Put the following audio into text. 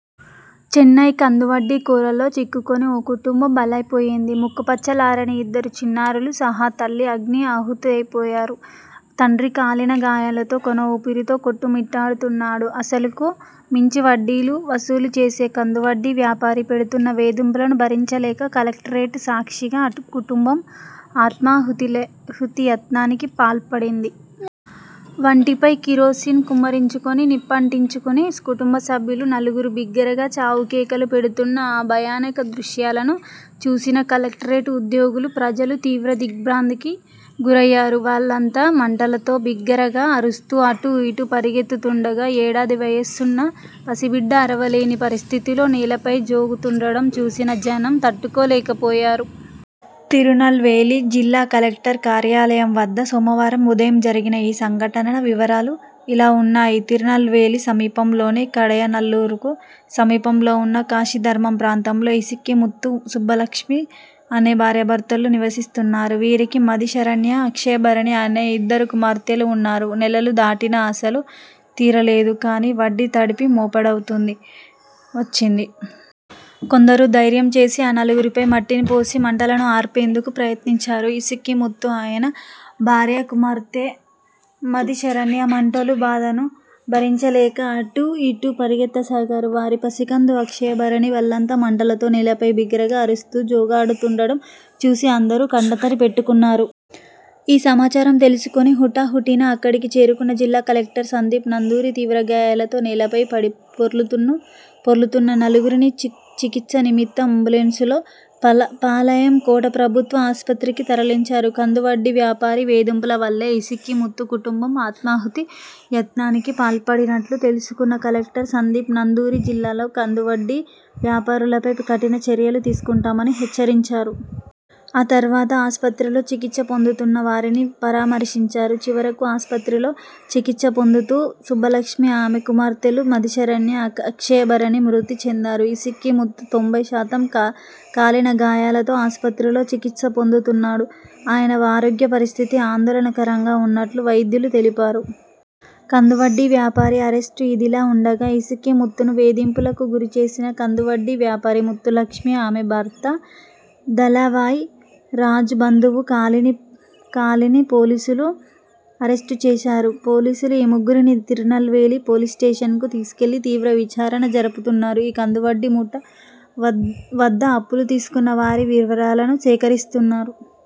చెన్నై కందువడ్డీ కోరల్లో చిక్కుకుని ఓ కుటుంబం బలైపోయింది. ముక్కుపచ్చలారని ఇద్దరు చిన్నారులు సహా తల్లి అగ్ని ఆహుతైపోయారు. తండ్రి కాలిన గాయాలతో కొన ఊపిరితో కొట్టు మిట్టాడుతున్నాడు. అసలుకు మించి వడ్డీలు వసూలు చేసే కందువడ్డీ వ్యాపారి పెడుతున్న వేధింపులను భరించలేక కలెక్టరేట్ సాక్షిగా అటు కుటుంబం ఆత్మాహుతిలె హుతియత్నానికి పాల్పడింది. వంటిపై కిరోసిన్ కుమ్మరించుకుని, నిప్పంటించు కుని కుటుంబ సభ్యులు నలుగురు బిగ్గరగా చావు కేకలు పెడుతున్న ఆ భయానక దృశ్యాలను చూసిన కలెక్టరేట్ ఉద్యోగులు, ప్రజలు తీవ్ర దిగ్ర్భాంతికి గురయ్యారు. వళ్లంతా మంటలతో బిగ్గరగా అరుస్తూ అటూ ఇటూ పరుగెత్తుతుండగా, యేడాది వయస్సున్న పసిబిడ్డ అరవలేని పరిస్థితిలో నేలపై జోగుతుండటం చూసిన జనం తట్టుకోలేకపోయారు. తిరునల్వేలి జిల్లా కలెక్టర్ కార్యాలయం వద్ద సోమవారం ఉదయం జరిగిన ఈ సంఘటన వివరాలు ఇలా ఉన్నాయితిరునల్వేలి సమీపంలోని కడయనల్లూరుకు సమీపంలో వున్న కాశిధర్మం ప్రాంతంలో ఇసక్కిముత్తు, సుబ్బులక్ష్మి అనే భార్యాభర్తలు నివసిస్తున్నారు. వీరికి మది శరణ్య, అక్షయభరణి అనే ఇద్దరు కుమార్తెలు ఉన్నారు. నెలలు దాటినా అసలు తీరలేదు కానీ వడ్డీ తడిపి మోపెడవుతుంది వచ్చింది. కొందరు ధైర్యం చేసి ఆ నలుగురిపై మట్టిని పోసి మంటలను ఆర్పేందుకు ప్రయత్నించారు. ఇసక్కిముత్తు, ఆయన భార్య, కుమార్తె మది శరణ్య మంటల బాధను భరించలేక అటూ ఇటూ పరుగెత్తసాగారు. వారి పసికందు అక్షయభరణి వళ్లంతా మంటలతో నేలపై బిగ్గరగా అరుస్తూ జోగాడుతుండటం చూసి అందరూ కంటతడి పెట్టుకున్నారు. ఈ సమాచారం తెలుసుకొని హుటా హుటిన అక్కడికి చేరుకున్న జిల్లా కలెక్టర్ సందీప్ నందూరీ తీవ్రగాయాలతో నేలపై పడిపొర్లుతున్న నలుగురినీ చికిత్స నిమత్తం అంబులెన్స్లో పాళయం కోట ప్రభుత్వ ఆస్పత్రికి తరలించారు. కందువడ్డీ వ్యాపారి వేధింపుల వల్లే ఇసక్కిముత్తు కుటుంబం ఆత్మాహుతి యత్నానికి పాల్పడినట్లు తెలుసుకున్న కలెక్టర్ సందీప్ నందూరీ జిల్లాలో కందువడ్డీ వ్యాపారులపై కఠిన చర్యలు తీసుకుంటామని హెచ్చరించారు. ఆ తర్వాత ఆస్పత్రిలో చికిత్స పొందుతున్న వారిని పరామర్శించారు. చివరకు ఆస్పత్రిలో చికిత్స పొందుతూ సుబ్బులక్ష్మి, ఆమె కుమార్తెలు మదిశరణ్య, అక్షయభరణి మృతి చెందారు. ఇసక్కి ముత్తు తొంభై శాతం కాలినగాయాలతో ఆస్పత్రిలో చికిత్స పొందుతున్నాడు. ఆయన ఆరోగ్య పరిస్థితి ఆందోళనకరంగా ఉన్నట్లు వైద్యులు తెలిపారు. కందువడ్డీ వ్యాపారి అరెస్టుఇదిలా ఉండగా, ఇసక్కిముత్తును వేధింపులకు గురిచేసిన కందువడ్డీ వ్యాపారి ముత్తులక్ష్మి, ఆమె భర్త దళవాయ్ రాజ్, బంధువు కాళిని పోలీసులు అరెస్టు చేశారు. పోలీసులు ఈ ముగ్గురిని తిరునల్వేలి పోలీసుస్టేషన్కు తీసుకెళ్లి తీవ్ర విచారణ జరుపుతున్నారు. ఈ కందువడ్డీ ముఠా వద్ద అప్పులు తీసుకున్న వారి వివరాలను సేకరిస్తున్నారు.